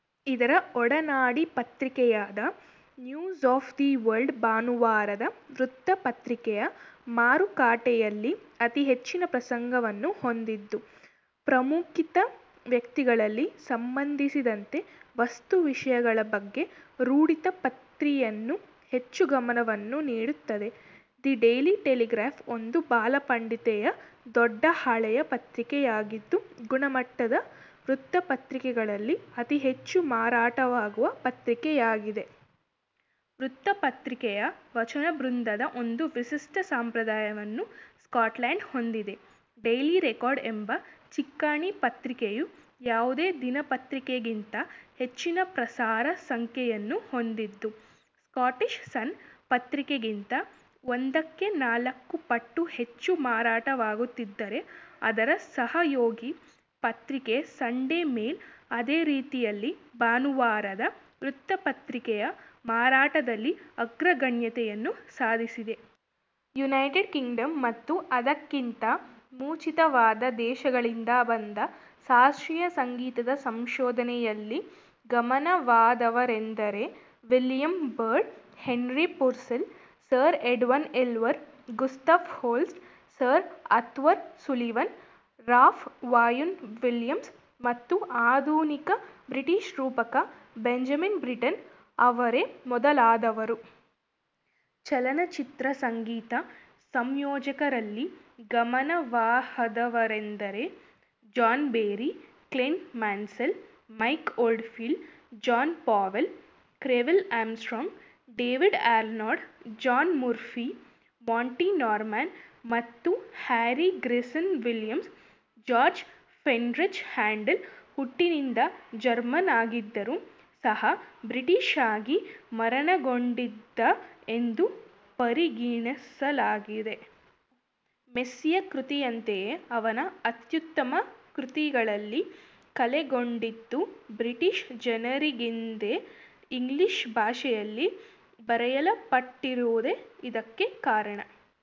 ಇದರ ಒಡನಾಡಿ ಪತ್ರಿಕೆಯಾದ, ನ್ಯೂಸ್ ಆಫ್ ದಿ ವರ್ಲ್ಡ್ ಭಾನುವಾರದ ವೃತ್ತಪತ್ರಿಕೆ ಮಾರುಕಟ್ಟೆಯಲ್ಲಿ ಅತಿ ಹೆಚ್ಚಿನ ಪ್ರಸರಣವನ್ನು ಹೊಂದಿದ್ದು, ಪ್ರಖ್ಯಾತ ವ್ಯಕ್ತಿಗಳಿಗೆ ಸಂಬಂಧಿಸಿದ ವಸ್ತು-ವಿಷಯಗಳ ಬಗೆಗೆ ರೂಢಿಗತ ಪದ್ಧತಿಯಂತೆ ಹೆಚ್ಚು ಗಮನವನ್ನು ನೀಡುತ್ತದೆ. ದಿ ಡೈಲಿ ಟೆಲಿಗ್ರಾಫ್ ಒಂದು ಬಲಪಂಥೀಯ ದೊಡ್ಡಹಾಳೆಯ ಪತ್ರಿಕೆಯಾಗಿದ್ದು, "ಗುಣಮಟ್ಟದ" ವೃತ್ತಪತ್ರಿಕೆಗಳಲ್ಲಿ ಅತಿ ಹೆಚ್ಚು ಮಾರಾಟವಾಗುವ ಪತ್ರಿಕೆಯಾಗಿದೆ. ವೃತ್ತಪತ್ರಿಕೆಯ ವಾಚಕವೃಂದದ ಒಂದು ವಿಶಿಷ್ಟ ಸಂಪ್ರದಾಯವನ್ನು ಸ್ಕಾಟ್ಲೆಂಡ್ ಹೊಂದಿದೆ. ಡೈಲಿ ರೆಕಾರ್ಡ್ ಎಂಬ ಚಿಕಣಿ-ಪತ್ರಿಕೆಯು ಯಾವುದೇ ದಿನಪತ್ರಿಕೆಗಿಂತ ಹೆಚ್ಚಿನ ಪ್ರಸಾರ ಸಂಖ್ಯೆಯನ್ನು ಹೊಂದಿದ್ದು, ಸ್ಕಾಟಿಷ್ ಸನ್ ಪತ್ರಿಕೆಗಿಂತ ಒಂದಕ್ಕೆ ನಾಲ್ಕು ಪಟ್ಟು ಹೆಚ್ಚು ಮಾರಾಟವಾಗುತ್ತಿದ್ದರೆ, ಅದರ ಸಹಯೋಗಿ ಪತ್ರಿಕೆ ಸಂಡೆ ಮೇಲ್ ಇದೇ ರೀತಿಯಲ್ಲಿ ಭಾನುವಾರದ ವೃತ್ತಪತ್ರಿಕೆ ಮಾರುಕಟ್ಟೆಯಲ್ಲಿ ಅಗ್ರಗಣ್ಯತೆಯನ್ನು ಸಾಧಿಸಿದೆ. ಯುನೈಟೆಡ್ ಕಿಂಗ್ಡಂ ಮತ್ತು ಅದಕ್ಕಿಂತ ಮುಂಚಿತವಾಗಿದ್ದ ದೇಶಗಳಿಂದ ಬಂದ ಶಾಸ್ತ್ರೀಯ ಸಂಗೀತದ ಸಂಯೋಜಕರಲ್ಲಿ ಗಮನಾರ್ಹವಾದವರೆಂದರೆ, William Byrd, Henry Purcell, Sir Edward Elgar, Gustav Holst, Sir Arthur Sullivan, Ralph Vaughan Williams ಮತ್ತು ಆಧುನಿಕ ಬ್ರಿಟಿಷ್ ರೂಪಕ ಬೆಂಜಮಿನ್ ಬ್ರಿಟ್ಟನ್ ಇವರೇ ಮೊದಲಾದವರು. ಚಲನಚಿತ್ರ ಸಂಗೀತ ಸಂಯೋಜಕ ರಲ್ಲಿ ಗಮನಾರ್ಹವಾದವರೆಂದರೆ, John Barry, Clint Mansell, Mike Oldfield, John Powell, Craig Armstrong, David Arnold, John Murphy, Monty Norman ಮತ್ತು Harry Gregson Williams. George Frideric Handel ಹುಟ್ಟಿನಿಂದ ಜರ್ಮನ್ ಆಗಿದ್ದರೂ ಸಹ ಬ್ರಿಟಿಷ್ ಆಗಿ ಮರಣಹೊಂದಿದ ಎಂದು ಪರಿಗಣಿಸಲಾಗಿದೆ. ಮೆಸಿಯಾ ಕೃತಿಯಂತೆಯೇ ಅವನ ಅತ್ಯುತ್ತಮ ಕೃತಿಗಳಲ್ಲಿ ಕೆಲವೊಂದು ಬ್ರಿಟಿಷ್ ಜನ ರಿಗೆಂದೇ ಇಂಗ್ಲಿಷ್ ಭಾಷೆ ಯಲ್ಲಿ ಬರೆಯಲ್ಪಟ್ಟಿರುವುದೇ ಇದಕ್ಕೆ ಕಾರಣ.